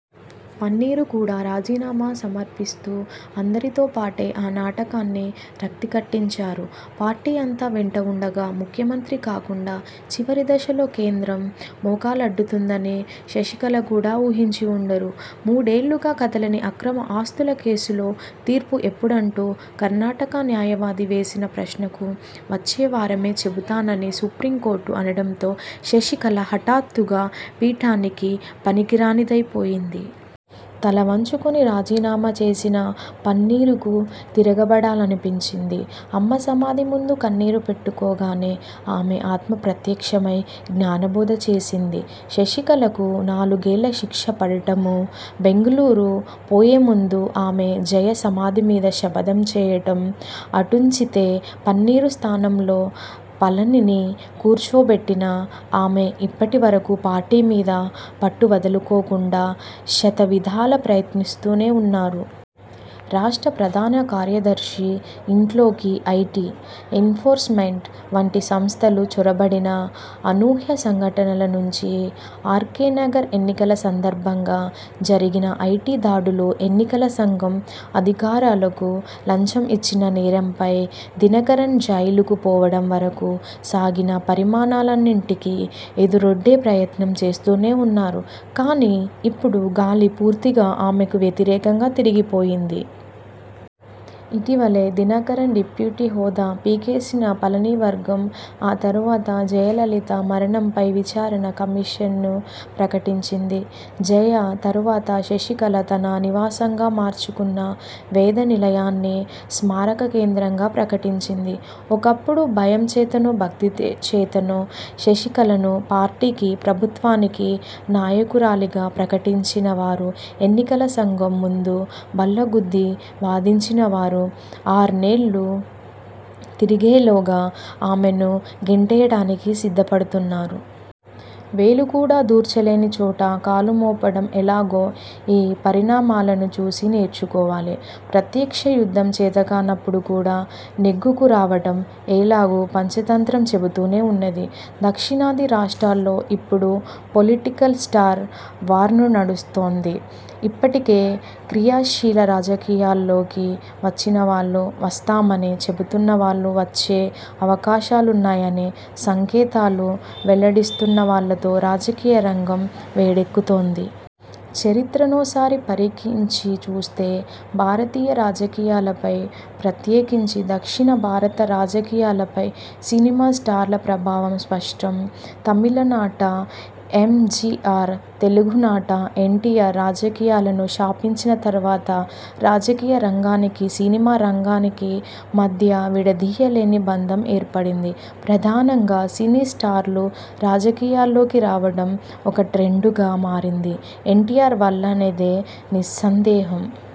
పన్నీరు కూడా రాజీనామా సమర్పిస్తూ అందరితోపాటే ఆ నాటకాన్ని రక్తికట్టించారు. పార్టీ అంతా వెంట ఉండగా ముఖ్యమంత్రి కాకుండా చివరిదశలో కేంద్రం మోకాలడ్డుతుందని శశికళ కూడా ఊహించి వుండరు. మూడేళ్ళుగా కదలని అక్రమ ఆస్తుల కేసులో తీర్పు ఎప్పుడంటూ కర్ణాటక న్యాయవాది వేసిన ప్రశ్నకు వచ్చేవారమే చెబుతానని సుప్రీంకోర్టు అనడంతో శశికళ హఠాత్తుగా పీఠానికి పనికిరానిదైపోయింది. తలవంచుకొని రాజీనామా చేసిన పన్నీరుకు తిరగబడాలనిపించింది. అమ్మసమాధిముందు కన్నీరు పెట్టుకోగానే ఆమె ఆత్మ ప్రత్యక్షమై జ్ఞానబోధ చేసింది. శశికళకు నాలుగేళ్ళ శిక్షపడటమూ, బెంగుళూరు పోయేముందు ఆమె జయ సమాధిమీద శపథం చేయడం అటుంచితే, పన్నీరు స్థానంలో పళనిని కూర్చోబెట్టిన ఆమె ఇప్పటివరకూ పార్టీమీద పట్టువదులుకోకుండా శతవిధాల ప్రయత్నిస్తూనే ఉన్నారు. రాష్ట్ర ప్రధానకార్యదర్శి ఇంట్లోకి ఐటీ, ఎన్ఫోర్స్మెంట్ వంటి సంస్థలు చొరబడిన అనూహ్య సంఘటనల నుంచి, ఆర్కేనగర్ ఎన్నికల సందర్భంగా జరిగిన ఐటీదాడులు, ఎన్నికల సంఘం అధికారులకు లంచం ఇచ్చిన నేరంపై దినకరన్ జైలుకు పోవడంవరకూ సాగిన పరిణామాలన్నింటికీ ఎదురొడ్డే ప్రయత్నం చేస్తూనేఉన్నారు. కానీ, ఇప్పుడు గాలి పూర్తిగా ఆమెకు వ్యతిరేకంగా తిరిగిపోయింది. ఇటీవలే దినకరన్ డిప్యూటీ హోదా పీకేసిన పళనివర్గం ఆ తరువాత జయలలిత మరణంపై విచారణ కమిషన్ను ప్రకటించింది. జయ తరువాత శశికళ తన నివాసంగా మార్చుకున్న వేదనిలయాన్ని స్మారకకేంద్రంగా ప్రకటించింది. ఒకప్పుడు భయం చేతనో, భక్తిచేతనో శశికళను పార్టీకీ, ప్రభుత్వానికీ నాయకురాలిగా ప్రకటించినవారూ, ఎన్నికల సంఘం ముందు బల్లగుద్ది వాదించినవారూ ఆర్నెల్లు తిరిగేలోగా ఆమెను గెంటేయడానికి సిద్ధపడుతున్నారు. వేలు కూడా దూర్చలేని చోట కాలుమోపడం ఎలాగో ఈ పరిణామాలను చూసి నేర్చుకోవాలి. ప్రత్యక్షయుద్ధం చేతకానప్పుడు కూడా నెగ్గుకురావడం ఎలాగూ పంచతంత్రం చెబుతూనే ఉన్నది. దక్షిణాది రాష్ట్రాల్లో ఇప్పుడు పొలిటికల్ 'స్టార్' వార్నడుస్తోంది. ఇప్పటికే క్రియాశీల రాజకీయాల్లోకి వచ్చినవాళ్లు, వస్తామని చెబుతున్నవాళ్లు, వచ్చే అవకాశాలుఉన్నాయని సంకేతాలు వెల్లడిస్తున్నవాళ్లతో రాజకీయ రంగం వేడెక్కుతోంది. చరిత్రనోసారి పరికించి చూస్తే భారత రాజకీయాలపై ప్రత్యేకించి దక్షిణ భారత రాజకీయాలపై సినిమా స్టార్ల ప్రభావం స్పష్టం. తమిళనాట ఎంజీఆర్, తెలుగునాట ఎన్టీఆర్ రాజకీయాలను శాసించిన తర్వాత రాజకీయ రంగానికీ, సినిమా రంగానికీ మధ్య విడదీయలేని బంధం ఏర్పడింది. ప్రధానంగా సినీ స్టార్లు రాజకీయాల్లోకి రావడం ఒక ట్రెండుగా మారింది ఎన్టీఆర్ వల్లేననేది నిస్సందేహం.